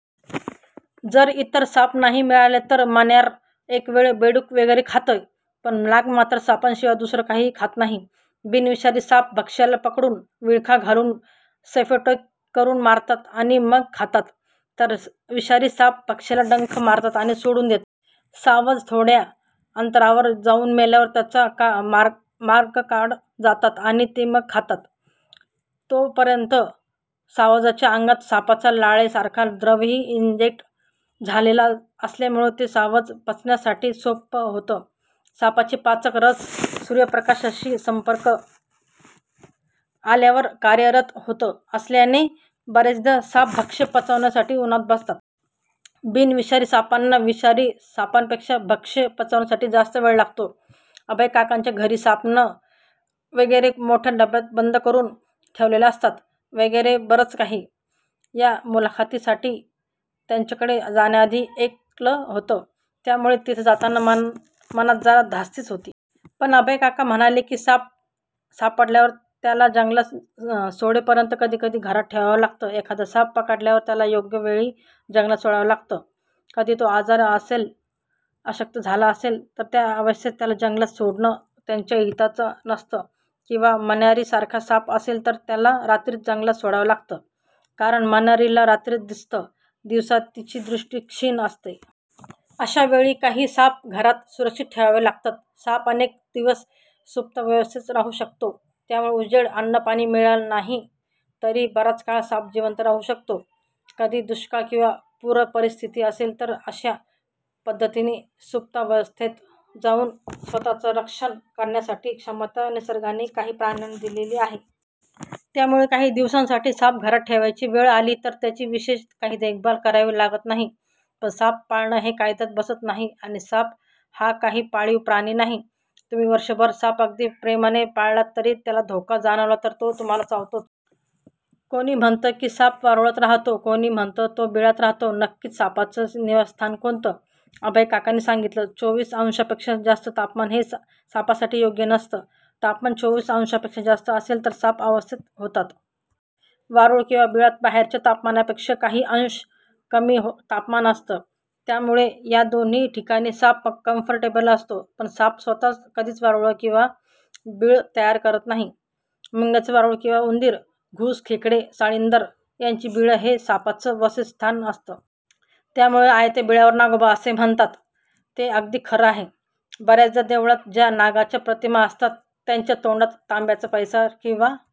जर इतर साप नाही मिळाले तर मण्यार एकवेळ बेडूक वगैरे खाते, पण नाग मात्र सापांशिवाय दुसरं काहीही खात नाही. बिनविषारी साप भक्ष्याला पकडून, विळखा घालून सफोकेट करून मारतात आणि मग खातात, तर विषारी साप भक्ष्याला डंख मारतात आणि सोडून देतात. सावज थोड्या अंतरावर जाऊन मेल्यावर त्याचा माग काढत जातात आणि मग ते खातात. तोपर्यंत सावजाच्या अंगात सापाचा लाळेसारखा द्रवही इंजेक्ट झालेला असल्यामुळे ते सावज पचण्यासाठी सोपं होतं. सापाचे पाचक रस सूर्यप्रकाशाशी संपर्क आल्यावर कार्यरत होत असल्याने बऱ्याचदा साप भक्ष्य पचवण्यासाठी उन्हात बसतात. बिनविषारी सापांना विषारी सापांपेक्षा भक्ष्य पचवण्यासाठी जास्त वेळ लागतो. अभयकाकांच्या घरी साप, नाग वगैरे मोठ्या डब्यात बंद करून ठेवलेले असतात वगैरे बरंच काही, या मुलाखतीसाठी त्यांच्याकडे जाण्याआधी ऐकलं होतं. त्यामुळे तिथे जाताना मनात जरा धास्तीच होती. पण अभयकाका म्हणाले की साप सापडल्यावर त्याला जंगलात सोडेपर्यंत कधी कधी घरात ठेवावं लागतं. एखादा साप पकडल्यावर त्याला योग्य वेळी जंगलात सोडावं लागतं. कधी तो आजारी असेल, अशक्त झाला असेल तर त्या अवस्थेत त्याला जंगलात सोडणं त्याच्या हिताचं नसतं किंवा मण्यारीसारखा साप असेल तर त्याला रात्रीच जंगलात सोडावं लागतं; कारण मण्यारीला रात्रीच दिसतं, दिवसा तिची दृष्टी क्षीण असते. अशा वेळी काही काळ साप घरात सुरक्षित ठेवावे लागतात. साप अनेक दिवस सुप्तावस्थेत राहू शकतो, त्यामुळे उजेड, अन्न-पाणी मिळालं नाही तरी बराच काळ साप जिवंत राहू शकतो. कधी दुष्काळ किंवा पूरपरिस्थिती असेल तर अशा पद्धतीने सुप्तावस्थेत जाऊन स्वतःचं रक्षण करण्याची क्षमता निसर्गाने काही प्राण्यांना दिलेली आहे. त्यामुळे काही दिवसांसाठी साप घरात ठेवायची वेळ आली तर त्याची विशेष काही देखभाल करावी लागत नाही. पण साप पाळणं हे कायद्यात बसत नाही आणि साप हा काही पाळीव प्राणी नाही. तुम्ही वर्षभर साप अगदी प्रेमाने पाळलात तरी त्याला धोका जाणवला तर तो तुम्हाला चावतोच! कोणी म्हणतं की साप वारुळात राहतो, कोणी म्हणतं की तो बिळात राहतो. नक्की सापाचं निवासस्थान कोणतं? अभयकाकांनी सांगितलं, चोवीस अंशांपेक्षा जास्त तापमान हे सापासाठी योग्य नसतं. तापमान चोवीस अंशांपेक्षा जास्त असेल तर साप अस्वस्थ होतात. वारूळ किंवा बिळात बाहेरच्या तापमानापेक्षा काही अंश कमी तापमान असतं. त्यामुळे या दोन्ही ठिकाणी साप कम्फर्टेबल असतो. पण साप स्वतः कधीच वारूळ किंवा बीळ तयार करत नाही. मुंग्यांचं वारूळ किंवा उंदीर, घूस, खेकडे, साळींदर यांची बिळं हे सापांचं वसतीस्थान असतं. त्यामुळे 'आयत्या बिळावर नागोबा' म्हणतात ते अगदी खरं आहे! बऱ्याचदा देवळात ज्या नागाच्या प्रतिमा असतात त्यांच्या तोंडात तांब्याचा पैसा किंवा